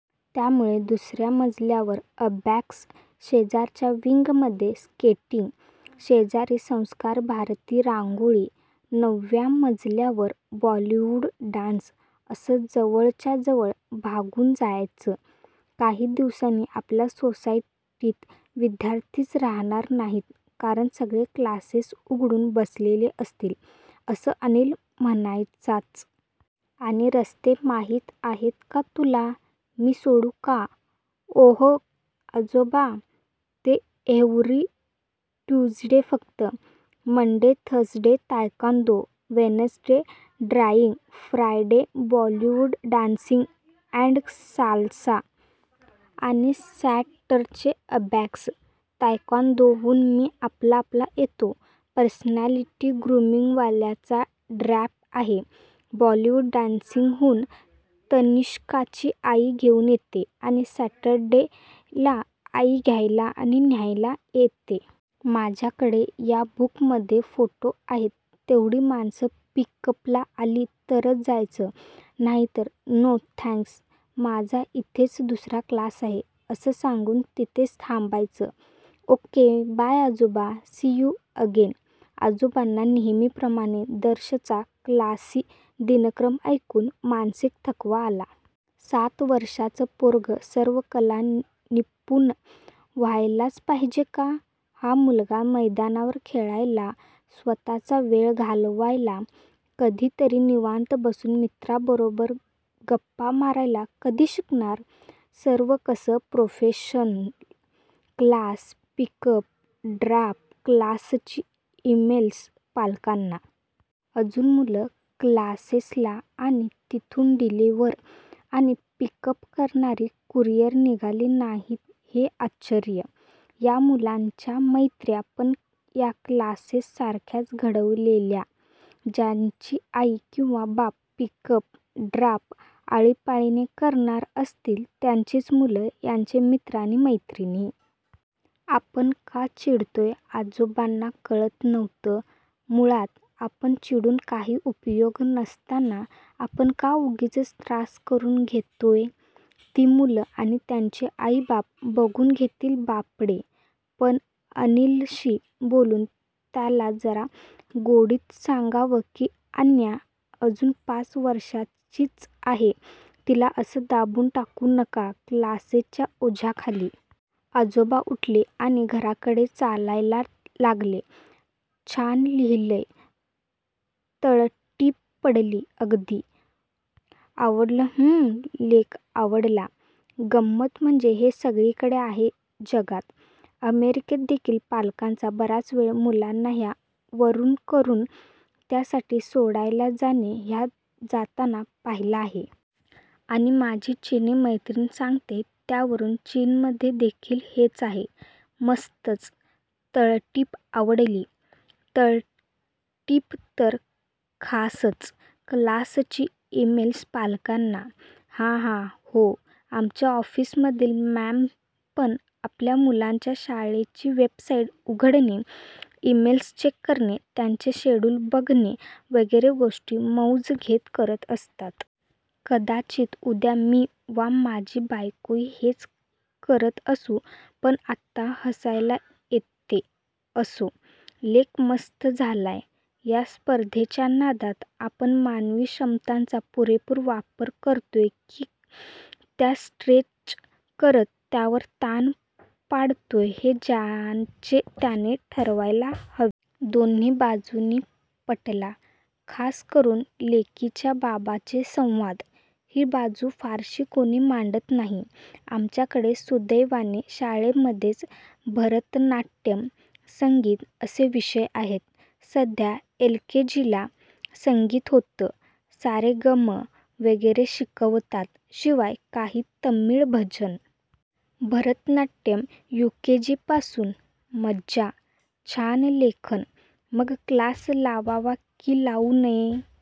त्यामुळे दुसर्या मजल्यावर अबॅकस, शेजारच्या विंगमध्ये स्केटिंग, शेजारी संस्कारभारती रांगोळी, नऊव्या मजल्यावर "बॉलीवूड डान्स" असं जवळच्या जवळ भागून जायचं. "काही दिवसांनी आपल्या सोसायटीत विद्यार्थीच राहणार नाहीत कारण सगळे क्लासेस उघडून बसलेले असतील" असं अनिल म्हणायचाच. आणि रस्ते माहित आहेत का तुला? मी सोडू का? " "ओह आजोबा, ते एव्हरी ट्युसडे फक्त. Monday, Thursday taekwondo, Wednesday drawing, Friday Bollywood dancing and salsa, आणि सॅटरडे अबॅकस. तायक्वांदोहून मी आपला आपला येतो, पर्सनॅलिटी ग्रूमिंगवाल्यांचा ड्रॉप आहे, बॉलीवूड डान्सिंगहून तनिश्काची आई घेऊन येते, आणि सॅटरडे ला आई घ्यायला आणि न्यायला येते. माझ्याकडे या बुक मध्ये फोटो आहेत तेवढी माणसं पिक अप ला आली तरच जायचं नाहीतर "नो, थॅंक्स, माझा इथेच दुसरा क्लास आहे" असं सांगून तिथेच थांबायचं. ओके बाय आजोबा!! See you again! " आजोबांना नेहमीप्रमाणे दर्शचा 'क्लासी' दिनक्रम ऐकून मानसिक थकवा आला. "सात वर्षाचं पोरगं सर्वकला निपुण व्हायलाच पाहिजे का? हा मुलगा मैदानावर खेळायला, स्वतःचा वेळ घालवायला, कधीतरी निवांत बसून मित्रांबरोबर गप्पा मारायला कधी शिकणार? सर्व कसं professional. Class, pick up, drop, क्लासची इमेल्स पालकांना. अजून मुलं क्लासेस ला आणि तिथून डिलीव्हर आणि पिक अप करणारी कुरियर निघाली नाहीत हे आश्चर्य. या मुलांच्या मैत्र्या पण या क्लासेस सारख्याच घडवलेल्या. ज्याची आई किंवा बाप पिक अप ड्रॉप आळीपाळीने करणार असतील त्यांची मुलं यांचे मित्र आणि मैत्रिणी. " आपण का चिडतोय आजोबांना कळत नव्हतं. मुळात आपण चिडून काही उपयोग नसताना आपण का उगीचच त्रास करुन घेतोय? ती मुलं आणि त्यांचे आईबाप बघून घेतील बापडे. पण अनिलशी बोलून त्याला जरा गोडीत सांगावं की आन्या अजून पाच वर्षांचीच आहे, तिला असं दाबून टाकू नका क्लासेस च्या ओझ्याखाली. आजोबा उठले आणि घराकडे चालयाला लागले. छान लिहीलयं. तळटीप पटली अगदी. आवडलंह्म्मलेख आवडला. गंमत म्हणजे हे सगळीकडे आहे जगात! अमेरिकेत देखिल पालकांचा बराचवेळ मुलांना ह्या वरून करून त्या साठी सोडायला जाणे ह्यात जाताना पाहिला आहे! आणि माझी चीनी मैत्रीण सांगते त्यावरून चीनमधे देखिल हेच आहे! मस्तंचतळटीप आवडली. तळटीप तर खासचक्लासची इमेल्स पालकांना. >> हा हा, हो. आमच्या ऑफिसमधील मॉम्स पण आपल्या मुलांच्या शाळेची वेबसाईट उघडणे, इमेल्स चेक करणे, त्याचे शेडुल बघणे वगैरे गोष्टी मौज घेत करत असतात. कदाचित उद्या मी वा माझी बायकोही हेच करत असू पण आता हसायला येतेअसो, लेख मस्त झालाय.. या स्पर्धेच्या नादात आपण मानवी क्षमतांचा पुरेपूर वापर करतोय की त्या स्ट्रेच करत त्यावर ताण पाडतोय हे ज्याचे त्याने ठरवायला हवे. दोन्ही बाजूंनी पटला. खास करून लेकीच्या बाबाचे संवाद!! ही बाजू फारशी कुणी मांडत नाही. आमच्याकडे सुदैवाने शाळेमध्येच भरतनाट्यम, संगीत असे विषय आहेत. सध्या एलकेजीला संगीत होतं. सारेगम वगैरे शिकवतात. शिवाय काही तमिळ भजनं. भरतनाट्यम युकेजीपासून. मज्जा!!! छान लेखन! मग क्लास लावावा की लावु नये?